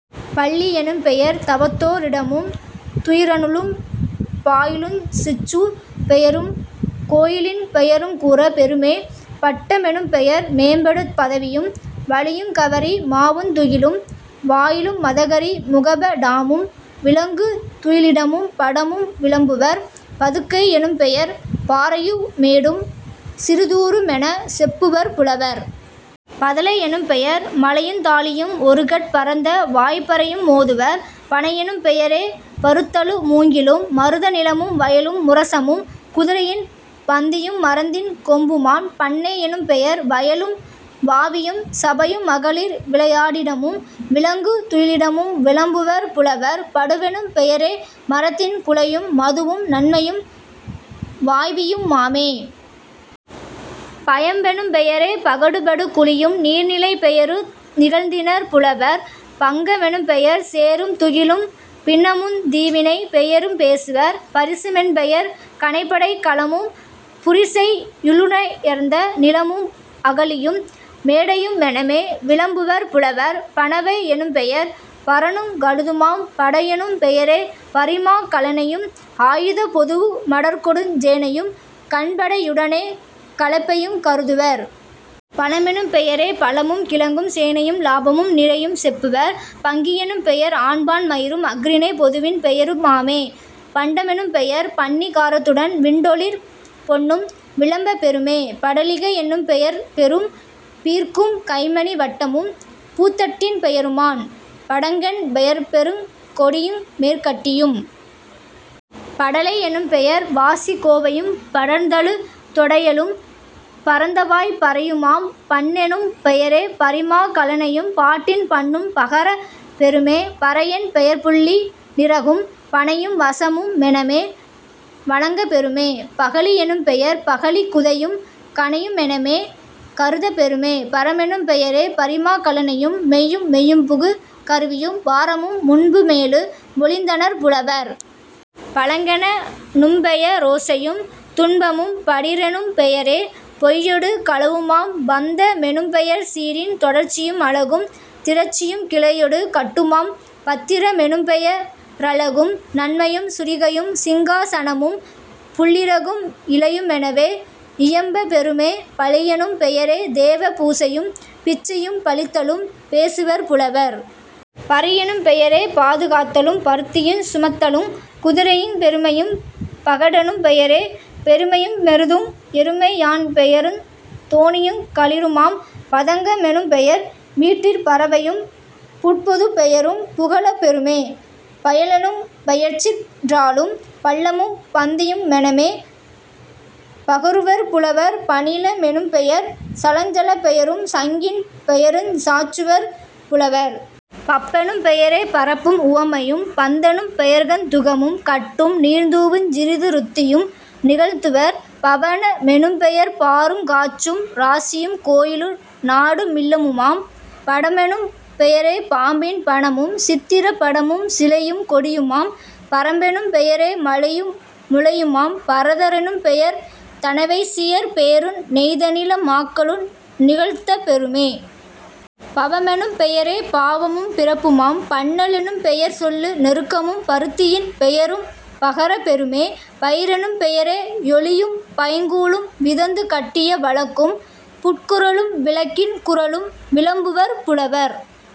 பள்ளி யெனும்பெயர் தவத்தோ ரிடமும் துயிறலும் பாயலுஞ் சிற்றூர்ப் பெயரும் கோயிலின் பெயருங் கூறப் பெறுமே..... பட்ட மெனும்பெயர் மேம்படு பதவியும் வழியுங் கவரி மாவுந் துகிலும்। வாயிலு மதகரி முகப டாமும் விலங்கு துயிலிடமும் படமும் விளம்புவர்..... பதுக்கை யெனும்பெயர் பாறையு மேடும் சிறுதூ றுமெனச் செப்புவர் புலவர்..... பதலை யெனும்பெயர் மலையுந் தாழியும் ஒருகட் பரந்த வாய்ப்பறையு மோதுவர்..... பணையெனும் பெயரே பருத்தலு ழூங்கிலும் மருத நிலமும் வயலு முரசமும் குதிரையின் பந்தியு மரத்தின் கொம்புமாம்..... பண்ணை யெனும்பெயர் வயலும் வாவியும் சபையு மகளிர் விளையா டிடமும் விலங்கு துயிலிடமும் விளம்புவர் புலவர்..... படுவெனும் பெயரே மரத்தின் குலையும் மதுவும் நன்மையும் வாவியு மாமே..... பயம்பெனும் பெயரே பகடுபடு குழியும் நீர்நிலைப் பெயரு நிகழ்த்தினர் புலவர்..... பங்க மெனும்பெயர் சேறும் துகிலும் பின்னமுந் தீவினைப் பெயரும் பேசுவர்..... பரிசு மென்பெயர் கணைப்படைக் கலமும் புரிசை யுள்ளுயர்ந்த நிலமும் அகழியும் மேடையு மெனவே விளம்புவர் புலவர்..... பணவை யெனும்பெயர் பரணுங் கழுதுமாம்..... படையெனும் பெயரே பரிமாக் கலனையும் ஆயுதப் பொதுவு மடர்கொடுஞ் சேனையும் கண்படை யுடனே கலப்பையுங் கருதுவர்..... பலமெனும் பெயரே பழமும் கிழங்கும் சேனையும் லாபமும் நிறையும் செப்புவர்..... பங்கி யெனும்பெயர் ஆண்பான் மயிரும் அஃறிணைப் பொதுவின் பெயரு மாமே..... பண்ட மெனும்பெயர் பண்ணி காரத்துடன் விண்டொளிர் பொன்னும் விளம்பப் பெறுமே..... படலிகை யென்னும் பெயர்பெரும் பீர்க்கும் கைமணி வட்டமும் பூத்தட்டின் பெயருமாம்..... படங்கென் பெயர்பெருங் கொடியு மேற்கட்டியும்..... படலை யெனும்பெயர் வாசிக் கோவையும் படர்தலுந் தொடையலும் பரந்தவாய்ப் பறையுமாம்..... பண்ணெனும் பெயரே பரிமாக் கலனையும் பாட்டின் பண்ணும் பகரப் பெறுமே..... பறையென் பெயர்புள்ளி னிறகும் பணையும் வசமும் மெனவே வழங்கப் பெறுமே..... பகழி யெனும்பெயர் பகழிக் குதையும் கணையு மெனவே கருதப் பெறுமே..... பரமெனும் பெயரே பரிமாக் கலனையும் மெய்யு மெய்புகு கருவியும் பாரமும் முன்பு மேலு மொழிந்தனர் புலவர்..... பழங்கணெ னும்பெய ரோசையும் துன்பமும்..... படிறெனும் பெயரே பொய்யொடு களவுமாம்..... பந்த மெனும்பெயர் சீரின் தொடர்ச்சியும் அழகும் திரட்சியும் கிளையொடு கட்டுமாம்..... பத்திர மெனும்பெய ரழகும் நன்மையும் சுரிகையும் சிங்கா சனமும் புள்ளிறகும் இலையு மெனவே இயம்பப் பெறுமே..... பலியெனும் பெயரே தேவ பூசையும் பிச்சையும் பலித்தலும் பேசுவர் புலவர்..... பரியெனும் பெயரே பாது காத்தலும் பருத்தியுஞ் சுமத்தலுங் குதிரையும் பெருமையும்..... பகடெனும் பெயரே பெருமையு மெருதும் எருமை யாண்பெயருந் தோணியுங் களிறுமாம்..... பதங்க மெனும்பெயர் விட்டிற் பறவையும் புட்பொதுப் பெயரும் புகலப் பெறுமே..... பயலெனும் பெயர்ச்சிற் றாளும் பள்ளமும் பந்தியு மெனவே பகருவர் புலவர்..... பணில மெனும்பெயர் சலஞ்சலப் பெயரும் சங்கின் பெயருஞ் சாற்றுவர் புலவர்..... பப்பெனும் பெயரே பரப்பும் உவமையும்..... பந்தெனும் பெயர்கந் துகமும் கட்டும் நீர்தூவுஞ் சிறுது ருத்தியும் நிகழ்த்துவர்..... பவன மெனும்பெயர் பாருங் காற்றும் இராசியும் கோயிலு நாடு மில்லமுமாம்..... படமெனும் பெயரே பாம்பின் பணமும் சித்திரப் படமும் சிலையும் கொடியுமாம்..... பறம்பெனும் பெயரே மலையு முலையுமாம்..... பரத ரெனும்பெயர் தனவைசியர் பேரும் நெய்தனில மாக்களு நிகழ்த்தப் பெறுமே..... பவமெனும் பெயரே பாவமும் பிறப்புமாம்..... பண்ணல் எனும்பெயர் சொல்லு நெருக்கமும் பருத்தியின் பெயரும் பகரப் பெறுமே..... பயிரெனும் பெயரே யொலியும் பைங்கூழும் விதந்து கட்டிய வழக்கும் புட்குரலும் விலங்கின் குரலும் விளம்புவர் புலவர்.